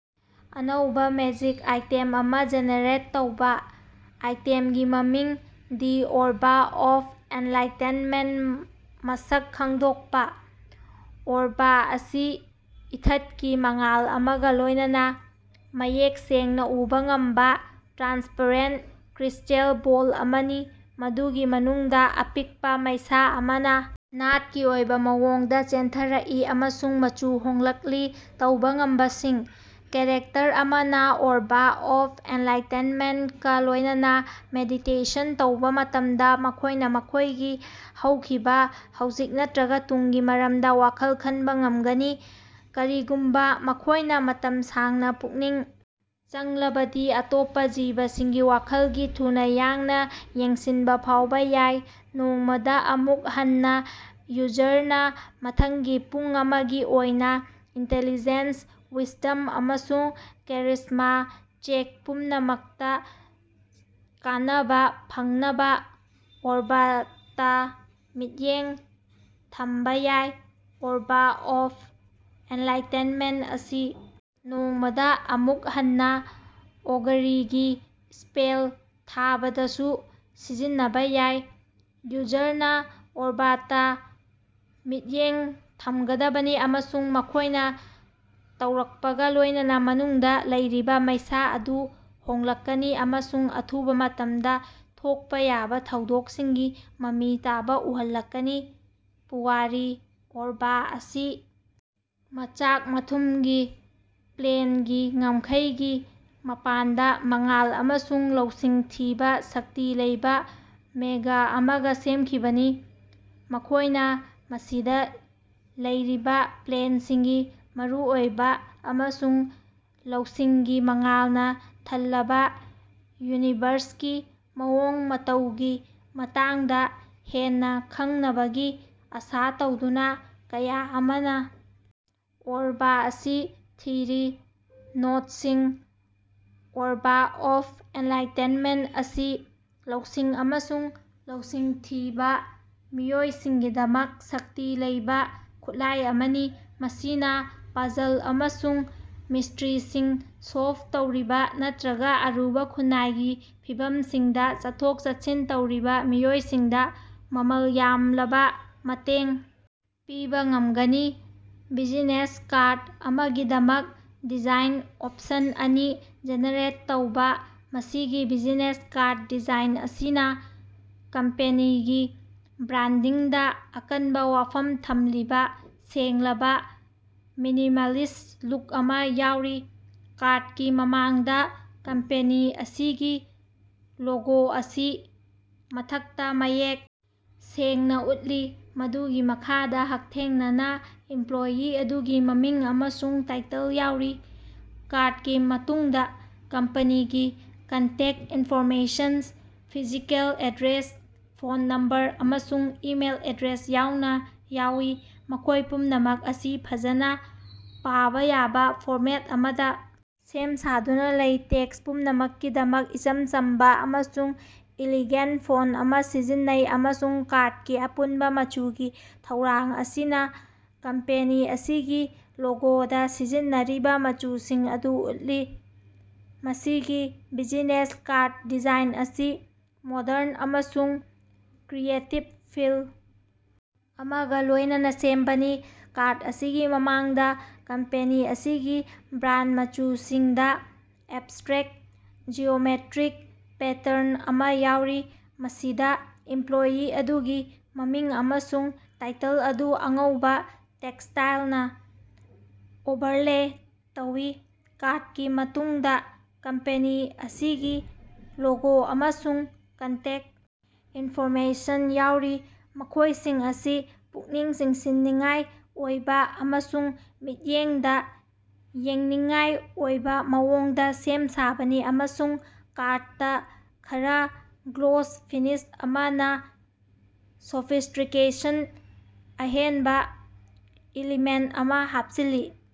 ꯑꯅꯧꯕꯥ magic item ꯑꯃ generate ꯇꯧꯕ꯫ ꯑꯥꯏꯇꯦꯝꯒꯤ ꯃꯃꯤꯡ: ꯗꯤ ꯑꯣꯔꯕ ꯑꯣꯐ ꯑꯦꯟꯂꯥꯏꯇꯦꯟꯃꯦꯟ ꯃꯁꯛ ꯈꯪꯗꯣꯛꯄ: ꯑꯣꯔꯕ ꯑꯁꯤ ꯏꯊꯠꯀꯤ ꯃꯉꯥꯜ ꯑꯃꯒ ꯂꯣꯏꯅꯅꯥ ꯃꯌꯦꯛ ꯁꯦꯡꯅ ꯎꯕꯥ ꯉꯝꯕ, ꯇ꯭ꯔꯥꯟꯁꯄꯔꯦꯟ ꯀ꯭ꯔꯤꯁꯇꯦꯜ ꯕꯣꯜ ꯑꯃꯅꯤ꯫ ꯃꯗꯨꯒꯤ ꯃꯅꯨꯡꯗ ꯑꯄꯤꯛꯄꯥ ꯃꯩꯁꯥ ꯑꯃꯅ ꯅꯥꯠꯀꯤ ꯑꯣꯏꯕ ꯃꯑꯣꯡꯗ ꯆꯦꯟꯊꯔꯛꯏ ꯑꯃꯁꯨꯡ ꯃꯆꯨ ꯍꯣꯡꯂꯛꯂꯤ꯫ ꯇꯧꯕ ꯉꯝꯕꯁꯤꯡ: ꯀꯦꯔꯦꯛꯇꯔ ꯑꯃꯅ ꯑꯣꯔꯕ ꯑꯣꯐ ꯑꯦꯟꯂꯥꯏꯇꯦꯟꯃꯦꯟꯀꯥ ꯂꯣꯏꯅꯅꯥ ꯃꯦꯗꯤꯇꯦꯁꯟ ꯇꯧꯕ ꯃꯇꯝꯗ ꯃꯈꯣꯏꯅ ꯃꯈꯣꯏꯒꯤ ꯍꯧꯈꯤꯕ, ꯍꯧꯖꯤꯛ ꯅꯠꯇ꯭ꯔꯒ ꯇꯨꯡꯒꯤ ꯃꯔꯝꯗ ꯋꯥꯈꯜ ꯈꯟꯕ ꯉꯝꯒꯅꯤ꯫ ꯀꯔꯤꯒꯨꯝꯕ ꯃꯈꯣꯏꯅ ꯃꯇꯝ ꯁꯥꯡꯅ ꯄꯨꯛꯅꯤꯡ ꯆꯪꯂꯕꯗꯤ, ꯑꯇꯣꯞꯄꯥ ꯖꯤꯕꯁꯤꯡꯒꯤ ꯋꯥꯈꯜꯒꯤ ꯊꯨꯅꯥ ꯌꯥꯡꯅ ꯌꯦꯡꯁꯤꯟꯕ ꯐꯥꯎꯕ ꯌꯥꯏ꯫ ꯅꯣꯡꯃꯗꯥ ꯑꯃꯨꯛ ꯍꯟꯅꯥ ꯌꯨꯖꯔꯅꯥ ꯃꯊꯪꯒꯤ ꯄꯨꯡ ꯑꯃꯒꯤ ꯑꯣꯏꯅ ꯏꯟꯇꯦꯂꯤꯖꯦꯟꯁ, ꯋꯤꯁꯗꯝ, ꯑꯃꯁꯨꯡ ꯀꯦꯔꯤꯖꯃꯥ ꯆꯦꯛ ꯄꯨꯝꯅꯃꯛꯇꯥ ꯀꯥꯟꯅꯕ ꯐꯪꯅꯕ ꯑꯣꯔꯕꯇꯥ ꯃꯤꯠꯌꯦꯡ ꯊꯝꯕ ꯌꯥꯏ꯫ ꯑꯣꯔꯕ ꯑꯣꯐ ꯑꯦꯟꯂꯥꯏꯇꯦꯟꯃꯦꯟ ꯑꯁꯤ ꯅꯣꯡꯃꯗꯥ ꯑꯃꯨꯛ ꯍꯟꯅꯥ ꯑꯣꯒꯔꯤꯒꯤ ꯁ꯭ꯄꯦꯜ ꯊꯥꯕꯗꯁꯨ ꯁꯤꯖꯤꯟꯅꯕ ꯌꯥꯏ꯫ ꯌꯨꯖꯔꯅꯥ ꯑꯣꯔꯕꯇꯥ ꯃꯤꯠꯌꯦꯡ ꯊꯝꯒꯗꯕꯅꯤ, ꯑꯃꯁꯨꯡ ꯃꯈꯣꯏꯅ ꯇꯧꯔꯛꯄꯒꯥ ꯂꯣꯏꯅꯅꯥ ꯃꯅꯨꯡꯗ ꯂꯩꯔꯤꯕ ꯃꯩꯁꯥ ꯑꯗꯨ ꯍꯣꯡꯂꯛꯀꯅꯤ ꯑꯃꯁꯨꯡ ꯑꯊꯨꯕꯥ ꯃꯇꯝꯗꯥ ꯊꯣꯛꯄ ꯌꯥꯕ ꯊꯧꯗꯣꯛꯁꯤꯡꯒꯤ ꯃꯃꯤ ꯇꯥꯕ ꯎꯍꯜꯂꯛꯀꯅꯤ꯫ ꯄꯨꯋꯥꯔꯤ: ꯑꯣꯔꯕ ꯑꯁꯤ ꯃꯆꯥꯛ ꯃꯊꯨꯝꯒꯤ ꯄ꯭ꯂꯦꯟꯒꯤ ꯉꯝꯈꯩꯒꯤ ꯃꯄꯥꯟꯗ ꯃꯉꯥꯜ ꯑꯃꯁꯨꯡ ꯂꯧꯁꯤꯡ ꯊꯤꯕ ꯁꯛꯇꯤ ꯂꯩꯕ ꯃꯦꯒ ꯑꯃꯒ ꯁꯦꯝꯈꯤꯕꯅꯤ꯫ ꯃꯈꯣꯏꯅ ꯃꯁꯤꯗ ꯂꯩꯔꯤꯕ ꯄ꯭ꯂꯦꯟꯁꯤꯡꯒꯤ ꯃꯔꯨꯑꯣꯏꯕ ꯑꯃꯁꯨꯡ ꯂꯧꯁꯤꯡꯒꯤ ꯃꯉꯥꯜꯅ ꯊꯜꯂꯕꯥ, ꯌꯨꯅꯤꯚꯔꯁꯀꯤ ꯃꯑꯣꯡ ꯃꯇꯧꯒꯤ ꯃꯇꯥꯡꯗ ꯍꯦꯟꯅꯥ ꯈꯪꯅꯕꯒꯤ ꯑꯥꯁꯥ ꯇꯧꯗꯨꯅꯥ ꯀꯌꯥ ꯑꯃꯅ ꯑꯣꯔꯕ ꯑꯁꯤ ꯊꯤꯔꯤ꯫ ꯅꯣꯠꯁꯤꯡ: ꯑꯣꯔꯕ ꯑꯣꯐ ꯑꯦꯟꯂꯥꯏꯇꯦꯟꯃꯦꯟ ꯑꯁꯤ ꯂꯧꯁꯤꯡ ꯑꯃꯁꯨꯡ ꯂꯧꯁꯤꯡ ꯊꯤꯕꯥ ꯃꯤꯑꯣꯏꯁꯤꯡꯒꯤꯗꯃꯛ ꯁꯛꯇꯤ ꯂꯩꯕꯥ ꯈꯨꯠꯂꯥꯏ ꯑꯃꯅꯤ꯫ ꯃꯁꯤꯅ ꯄꯥꯖꯜ ꯑꯃꯁꯨꯡ ꯃꯤꯁꯇ꯭ꯔꯤꯁꯤꯡ ꯁꯣꯜꯐ ꯇꯧꯔꯤꯕ ꯅꯠꯇ꯭ꯔꯒ ꯑꯔꯨꯕ ꯈꯨꯟꯅꯥꯏꯒꯤ ꯐꯤꯚꯝꯁꯤꯡꯗ ꯆꯠꯊꯣꯛ-ꯆꯠꯁꯤꯟ ꯇꯧꯔꯤꯕ ꯃꯤꯑꯣꯏꯁꯤꯡꯗ ꯃꯃꯜ ꯌꯥꯝꯂꯕ ꯃꯇꯦꯡ ꯄꯤꯕ ꯉꯝꯒꯅꯤ꯫ ꯕꯤꯖꯤꯅꯦꯁ ꯀꯥꯔꯠ ꯑꯃꯒꯤꯗꯃꯛ ꯗꯤꯖꯥꯏꯟ ꯑꯣꯞꯁꯟ ꯑꯅꯤ ꯖꯦꯅꯦꯔꯦꯠ ꯇꯧꯕ꯫ ꯃꯁꯤꯒꯤ ꯕꯤꯖꯤꯅꯦꯁ ꯀꯥꯔꯠ ꯗꯤꯖꯥꯏꯟ ꯑꯁꯤꯅ ꯀꯝꯄꯦꯅꯤꯒꯤ ꯕ꯭ꯔꯥꯟꯗꯤꯡꯗ ꯑꯀꯟꯕ ꯋꯥꯐꯝ ꯊꯝꯂꯤꯕ ꯁꯦꯡꯂꯕ, ꯃꯤꯅꯤꯃꯥꯂꯤꯁ ꯂꯨꯛ ꯑꯃ ꯌꯥꯎꯔꯤ꯫ ꯀꯥꯔꯠꯀꯤ ꯃꯃꯥꯡꯗ ꯀꯝꯄꯦꯅꯤ ꯑꯁꯤꯒꯤ ꯂꯣꯒꯣ ꯑꯁꯤ ꯃꯊꯛꯇ ꯃꯌꯦꯛ ꯁꯦꯡꯅꯥ ꯎꯠꯂꯤ, ꯃꯗꯨꯒꯤ ꯃꯈꯥꯗ ꯍꯛꯊꯦꯡꯅꯅꯥ ꯏꯝꯄ꯭ꯂꯣꯌꯤ ꯑꯗꯨꯒꯤ ꯃꯃꯤꯡ ꯑꯃꯁꯨꯡ ꯇꯥꯏꯇꯜ ꯌꯥꯎꯔꯤ꯫ ꯀꯥꯔꯠꯀꯤ ꯃꯇꯨꯡꯗ ꯀꯝꯄꯅꯤꯒꯤ contact information, physical address, phone number, ꯑꯃꯁꯨꯡ ꯏꯃꯦꯜ ꯑꯦꯗ꯭ꯔꯦꯁ ꯌꯥꯎꯅ ꯌꯥꯎꯏ, ꯃꯈꯣꯏ ꯄꯨꯝꯅꯃꯛ ꯑꯁꯤ ꯐꯖꯅ ꯄꯥꯕ ꯌꯥꯕ ꯐꯣꯔꯃꯦꯠ ꯑꯃꯗ ꯁꯦꯝ-ꯁꯥꯗꯨꯅ ꯂꯩ꯫ ꯇꯦꯛꯁ ꯄꯨꯝꯅꯃꯛꯀꯤꯗꯃꯛ ꯏꯆꯝ ꯆꯝꯕ ꯑꯃꯁꯨꯡ ꯏꯂꯤꯒꯦꯟ ꯐꯣꯟ ꯑꯃ ꯁꯤꯖꯤꯟꯅꯩ, ꯑꯃꯁꯨꯡ ꯀꯥꯔꯠꯀꯤ ꯑꯄꯨꯟꯕ ꯃꯆꯨꯒꯤ ꯊꯧꯔꯥꯡ ꯑꯁꯤꯅ ꯀꯝꯄꯦꯅꯤ ꯑꯁꯤꯒꯤ ꯂꯣꯒꯣꯗꯥ ꯁꯤꯖꯤꯟꯅꯔꯤꯕ ꯃꯆꯨꯁꯤꯡ ꯑꯗꯨ ꯎꯠꯂꯤ꯫ ꯃꯁꯤꯒꯤ ꯕꯤꯖꯤꯅꯦꯁ ꯀꯥꯔꯠ ꯗꯤꯖꯥꯏꯟ ꯑꯁꯤ ꯃꯣꯗꯔꯟ ꯑꯃꯁꯨꯡ ꯀ꯭ꯔꯤꯌꯦꯇꯤꯚ ꯐꯤꯜ ꯑꯃꯒ ꯂꯣꯏꯅꯅꯥ ꯁꯦꯝꯕꯅꯤ꯫ ꯀꯥꯔꯠ ꯑꯁꯤꯒꯤ ꯃꯃꯥꯡꯗ ꯀꯝꯄꯦꯅꯤ ꯑꯁꯤꯒꯤ ꯕ꯭ꯔꯥꯟ ꯃꯆꯨꯁꯤꯡꯗꯥ ꯑꯦꯕꯁꯇ꯭ꯔꯦꯛ, ꯖꯤꯑꯣꯃꯦꯇ꯭ꯔꯤꯛ ꯄꯦꯇꯔꯟ ꯑꯃ ꯌꯥꯎꯔꯤ, ꯃꯁꯤꯗ ꯏꯝꯄ꯭ꯂꯣꯌꯤ ꯑꯗꯨꯒꯤ ꯃꯃꯤꯡ ꯑꯃꯁꯨꯡ ꯇꯥꯏꯇꯜ ꯑꯗꯨ ꯑꯉꯧꯕꯥ ꯇꯦꯛꯁꯇꯥꯏꯜꯅꯥ ꯑꯣꯚꯔꯂꯦ ꯇꯧꯏ꯫ ꯀꯥꯔꯠꯀꯤ ꯃꯇꯨꯡꯗ ꯀꯝꯄꯦꯅꯤ ꯑꯁꯤꯒꯤ ꯂꯣꯒꯣ ꯑꯃꯁꯨꯡ ꯀꯟꯇꯦꯛ ꯏꯟꯐꯣꯔꯃꯦꯁꯟ ꯌꯥꯎꯔꯤ, ꯃꯈꯣꯏꯁꯤꯡ ꯑꯁꯤ ꯄꯨꯛꯅꯤꯡ ꯆꯤꯡꯁꯤꯟꯅꯤꯡꯉꯥꯏ ꯑꯣꯏꯕ ꯑꯃꯁꯨꯡ ꯃꯤꯠꯌꯦꯡꯗ ꯌꯦꯡꯅꯤꯡꯉꯥꯏ ꯑꯣꯏꯕ ꯃꯑꯣꯡꯗꯥ ꯁꯦꯝ ꯁꯥꯕꯅꯤ ꯑꯃꯁꯨꯡ ꯀꯥꯔꯠꯇꯥ ꯈꯔ ꯒ꯭ꯂꯣꯁ ꯐꯤꯅꯤꯁ ꯑꯃꯅꯥ ꯁꯣꯐꯤꯁꯇ꯭ꯔꯤꯀꯦꯁꯟꯒꯤ ꯑꯍꯦꯟꯕꯥ ꯏꯂꯤꯃꯦꯟ ꯑꯃ ꯍꯥꯞꯆꯤꯜꯂꯤ꯫